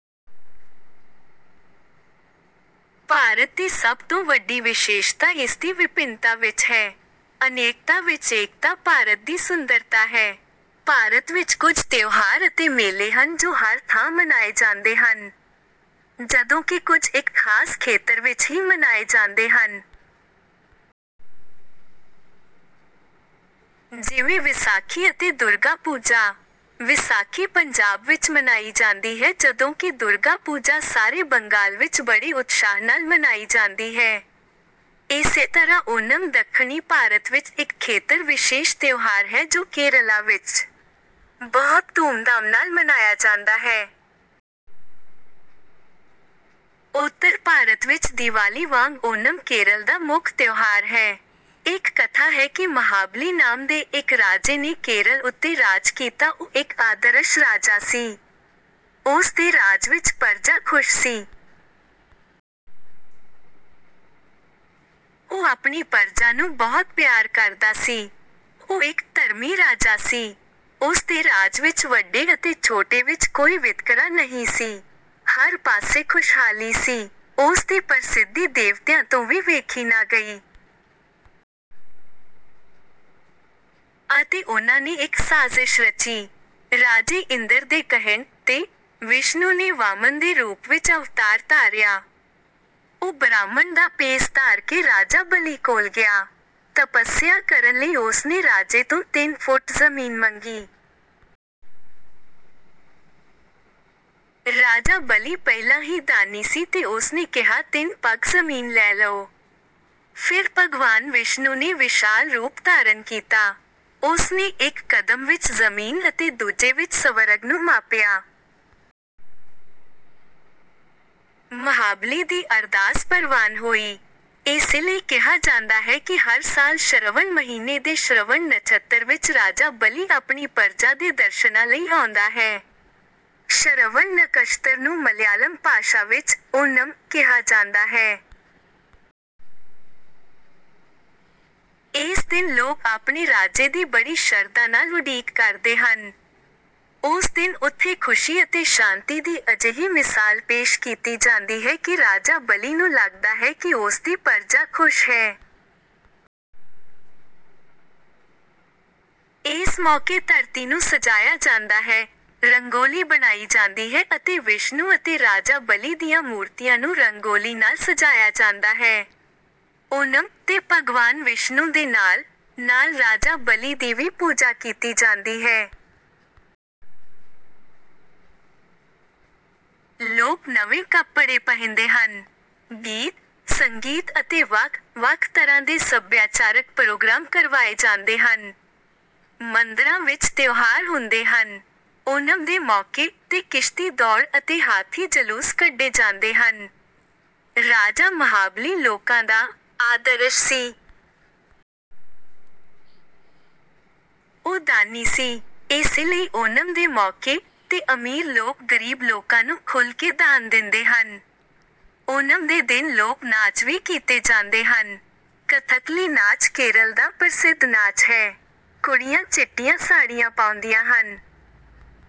ਭਾਰਤ ਦੀ ਸਭ ਤੋਂ ਵੱਡੀ ਵਿਸ਼ੇਸ਼ਤਾ ਇਸਦੀ ਵਿਭਿੰਨਤਾ ਵਿੱਚ ਹੈ। ਅਨੇਕਤਾ ਵਿੱਚ ਏਕਤਾ ਭਾਰਤ ਦੀ ਸੁੰਦਰਤਾ ਹੈ। ਭਾਰਤ ਵਿੱਚ ਕੁਝ ਤਿਉਹਾਰ ਅਤੇ ਮੇਲੇ ਹਨ ਜੋ ਹਰ ਥਾਂ ਮਨਾਏ ਜਾਂਦੇ ਹਨ। ਜਦੋਂ ਕਿ ਕੁਝ ਇੱਕ ਖਾਸ ਖੇਤਰ ਵਿੱਚ ਹੀ ਮਨਾਏ ਜਾਂਦੇ ਹਨ। ਜਿਵੇਂ ਵਿਸਾਖੀ ਅਤੇ ਦੁਰਗਾ ਪੂਜਾ। ਵਿਸਾਖੀ ਪੰਜਾਬ ਵਿੱਚ ਮਨਾਈ ਜਾਂਦੀ ਹੈ ਜਦੋਂ ਕਿ ਦੁਰਗਾ ਪੂਜਾ ਸਾਰੇ ਬੰਗਾਲ ਵਿੱਚ ਬੜੇ ਉਤਸ਼ਾਹ ਨਾਲ ਮਨਾਈ ਜਾਂਦੀ ਹੈ। ਇਸੇ ਤਰ੍ਹਾਂ ਓਨਮ ਦੱਖਣੀ ਭਾਰਤ ਵਿੱਚ ਇੱਕ ਖੇਤਰ ਵਿਸ਼ੇਸ਼ ਤਿਉਹਾਰ ਹੈ ਜੋ ਕੇਰਲਾ ਵਿੱਚ ਬਹੁਤ ਧੂਮਧਾਮ ਨਾਲ ਮਨਾਇਆ ਜਾਂਦਾ ਹੈ। ਉੱਤਰ ਭਾਰਤ ਵਿੱਚ ਦੀਵਾਲੀ ਵਾਂਗ ਓਨਮ ਕੇਰਲ ਦਾ ਮੁੱਖ ਤਿਉਹਾਰ ਹੈ। ਇੱਕ ਕਥਾ ਹੈ ਕਿ ਮਹਾਬਲੀ ਨਾਮ ਦੇ ਇੱਕ ਰਾਜੇ ਨੇ ਕੇਰਲ ਉੱਤੇ ਰਾਜ ਕੀਤਾ ਉਹ ਇੱਕ ਆਦਰਸ਼ ਰਾਜਾ ਸੀ। ਉਸ ਦੇ ਰਾਜ ਵਿਚ ਪਰਜਾ ਖੁਸ਼ ਸੀ। ਉਹ ਆਪਣੀ ਪਰਜਾ ਨੂੰ ਬਹੁਤ ਪਿਆਰ ਕਰਦਾ ਸੀ। ਉਹ ਇੱਕ ਧਰਮੀ ਰਾਜਾ ਸੀ। ਉਸਦੇ ਰਾਜ ਵਿੱਚ ਵੱਡੇ ਅਤੇ ਛੋਟੇ ਵਿੱਚ ਕੋਈ ਵਿਤਕਰਾ ਨਹੀਂ ਸੀ। ਹਰ ਪਾਸੇ ਖੁਸ਼ਹਾਲੀ ਸੀ। ਉਸ ਦੀ ਪ੍ਰਸਿੱਧੀ ਦੇਵਤਿਆਂ ਤੋਂ ਵੀ ਵੇਖੀ ਨਾ ਗਈ। ਅਤੇ ਉਨ੍ਹਾਂ ਨੇ ਇੱਕ ਸਾਜ਼ਿਸ਼ ਰਚੀ। ਰਾਜੇ ਇੰਦਰ ਦੇ ਕਹਿਣ 'ਤੇ, ਵਿਸ਼ਨੂੰ ਨੇ ਵਾਮਨ ਦੇ ਰੂਪ ਵਿੱਚ ਅਵਤਾਰ ਧਾਰਿਆ। ਉਹ ਬ੍ਰਾਹਮਣ ਦਾ ਭੇਸ ਧਾਰ ਕੇ ਰਾਜਾ ਬਲੀ ਕੋਲ ਗਿਆ। ਤਪੱਸਿਆ ਕਰਨ ਲਈ ਉਸ ਨੇ ਰਾਜੇ ਤੋਂ ਤਿੰਨ ਫੁੱਟ ਜ਼ਮੀਨ ਮੰਗੀ। ਰਾਜਾ ਬਲੀ ਪਹਿਲਾਂ ਹੀ ਦਾਨੀ ਸੀ ਤੇ ਉਸਨੇ ਕਿਹਾ ਤਿਨ ਪੱਗ ਜ਼ਮੀਨ ਲੈ ਲਓ। ਫਿਰ ਭਗਵਾਨ ਵਿਸ਼ਨੂੰ ਨੇ ਵਿਸ਼ਾਲ ਰੂਪ ਧਾਰਨ ਕੀਤਾ। ਉਸਨੇ ਇੱਕ ਕਦਮ ਵਿੱਚ ਜ਼ਮੀਨ ਅਤੇ ਦੂਜੇ ਵਿੱਚ ਸਵਰਗ ਨੂੰ ਮਾਪਿਆ। ਮਹਾਬਲੀ ਦੀ ਅਰਦਾਸ ਪ੍ਰਵਾਨ ਹੋਈ। ਇਸੇ ਲਈ ਕਿਹਾ ਜਾਂਦਾ ਹੈ ਕਿ ਹਰ ਸਾਲ ਸ਼ਰਵਣ ਮਹੀਨੇ ਦੇ ਸ਼੍ਰਵਣ ਨਛੱਤਰ ਵਿੱਚ ਰਾਜਾ ਬਲੀ ਆਪਣੀ ਪਰਜਾ ਦੇ ਦਰਸ਼ਨਾਂ ਲਈ ਆਉਂਦਾ ਹੈ। ਸ਼ਰਵਣ ਨਕਸ਼ਤਰ ਨੂੰ ਮਲਿਆਲਮ ਭਾਸ਼ਾ ਵਿੱਚ 'ਓਨਮ' ਕਿਹਾ ਜਾਂਦਾ ਹੈ। ਇਸ ਦਿਨ ਲੋਕ ਆਪਣੇ ਰਾਜੇ ਦੀ ਬੜੀ ਸ਼ਰਧਾ ਨਾਲ ਉਡੀਕ ਕਰਦੇ ਹਨ। ਉਸ ਦਿਨ ਉੱਥੇ ਖੁਸ਼ੀ ਅਤੇ ਸ਼ਾਂਤੀ ਦੀ ਅਜਿਹੀ ਮਿਸਾਲ ਪੇਸ਼ ਕੀਤੀ ਜਾਂਦੀ ਹੈ ਕਿ ਰਾਜਾ ਬਲੀ ਨੂੰ ਲੱਗਦਾ ਹੈ ਕਿ ਉਸ ਦੀ ਪਰਜਾ ਖੁਸ਼ ਹੈ। ਇਸ ਮੌਕੇ ਧਰਤੀ ਨੂੰ ਸਜਾਇਆ ਜਾਂਦਾ ਹੈ, ਰੰਗੋਲੀ ਬਣਾਈ ਜਾਂਦੀ ਹੈ ਅਤੇ ਵਿਸ਼ਨੂੰ ਅਤੇ ਰਾਜਾ ਬਲੀ ਦੀਆਂ ਮੂਰਤੀਆਂ ਨੂੰ ਰੰਗੋਲੀ ਨਾਲ ਸਜਾਇਆ ਜਾਂਦਾ ਹੈ। ਓਨਮ 'ਤੇ ਭਗਵਾਨ ਵਿਸ਼ਨੂੰ ਦੇ ਨਾਲ-ਨਾਲ ਰਾਜਾ ਬਲੀ ਦੀ ਵੀ ਪੂਜਾ ਕੀਤੀ ਜਾਂਦੀ ਹੈ। ਲੋਕ ਨਵੇਂ ਕੱਪੜੇ ਪਹਿਨਦੇ ਹਨ। ਗੀਤ-ਸੰਗੀਤ ਅਤੇ ਵੱਖ-ਵੱਖ ਤਰ੍ਹਾਂ ਦੇ ਸੱਭਿਆਚਾਰਕ ਪ੍ਰੋਗਰਾਮ ਕਰਵਾਏ ਜਾਂਦੇ ਹਨ। ਮੰਦਰਾਂ ਵਿੱਚ ਤਿਉਹਾਰ ਹੁੰਦੇ ਹਨ। ਓਨਮ ਦੇ ਮੌਕੇ 'ਤੇ ਕਿਸ਼ਤੀ ਦੌੜ ਅਤੇ ਹਾਥੀ ਜਲੂਸ ਕੱਢੇ ਜਾਂਦੇ ਹਨ। ਰਾਜਾ ਮਹਾਬਲੀ ਲੋਕਾਂ ਦਾ ਆਦਰਸ਼ ਸੀ। ਉਹ ਦਾਨੀ ਸੀ। ਇਸੇ ਲਈ ਓਨਮ ਦੇ ਮੌਕੇ 'ਤੇ ਅਮੀਰ ਲੋਕ ਗਰੀਬ ਲੋਕਾਂ ਨੂੰ ਖੁੱਲ੍ਹ ਕੇ ਦਾਨ ਦਿੰਦੇ ਹਨ। ਓਨਮ ਦੇ ਦਿਨ ਲੋਕ ਨਾਚ ਵੀ ਕੀਤੇ ਜਾਂਦੇ ਹਨ। ਕਥਕਲੀ ਨਾਚ ਕੇਰਲ ਦਾ ਪ੍ਰਸਿੱਧ ਨਾਚ ਹੈ। ਕੁੜੀਆਂ ਚਿੱਟੀਆਂ ਸਾੜੀਆਂ ਪਾਉਂਦੀਆਂ ਹਨ।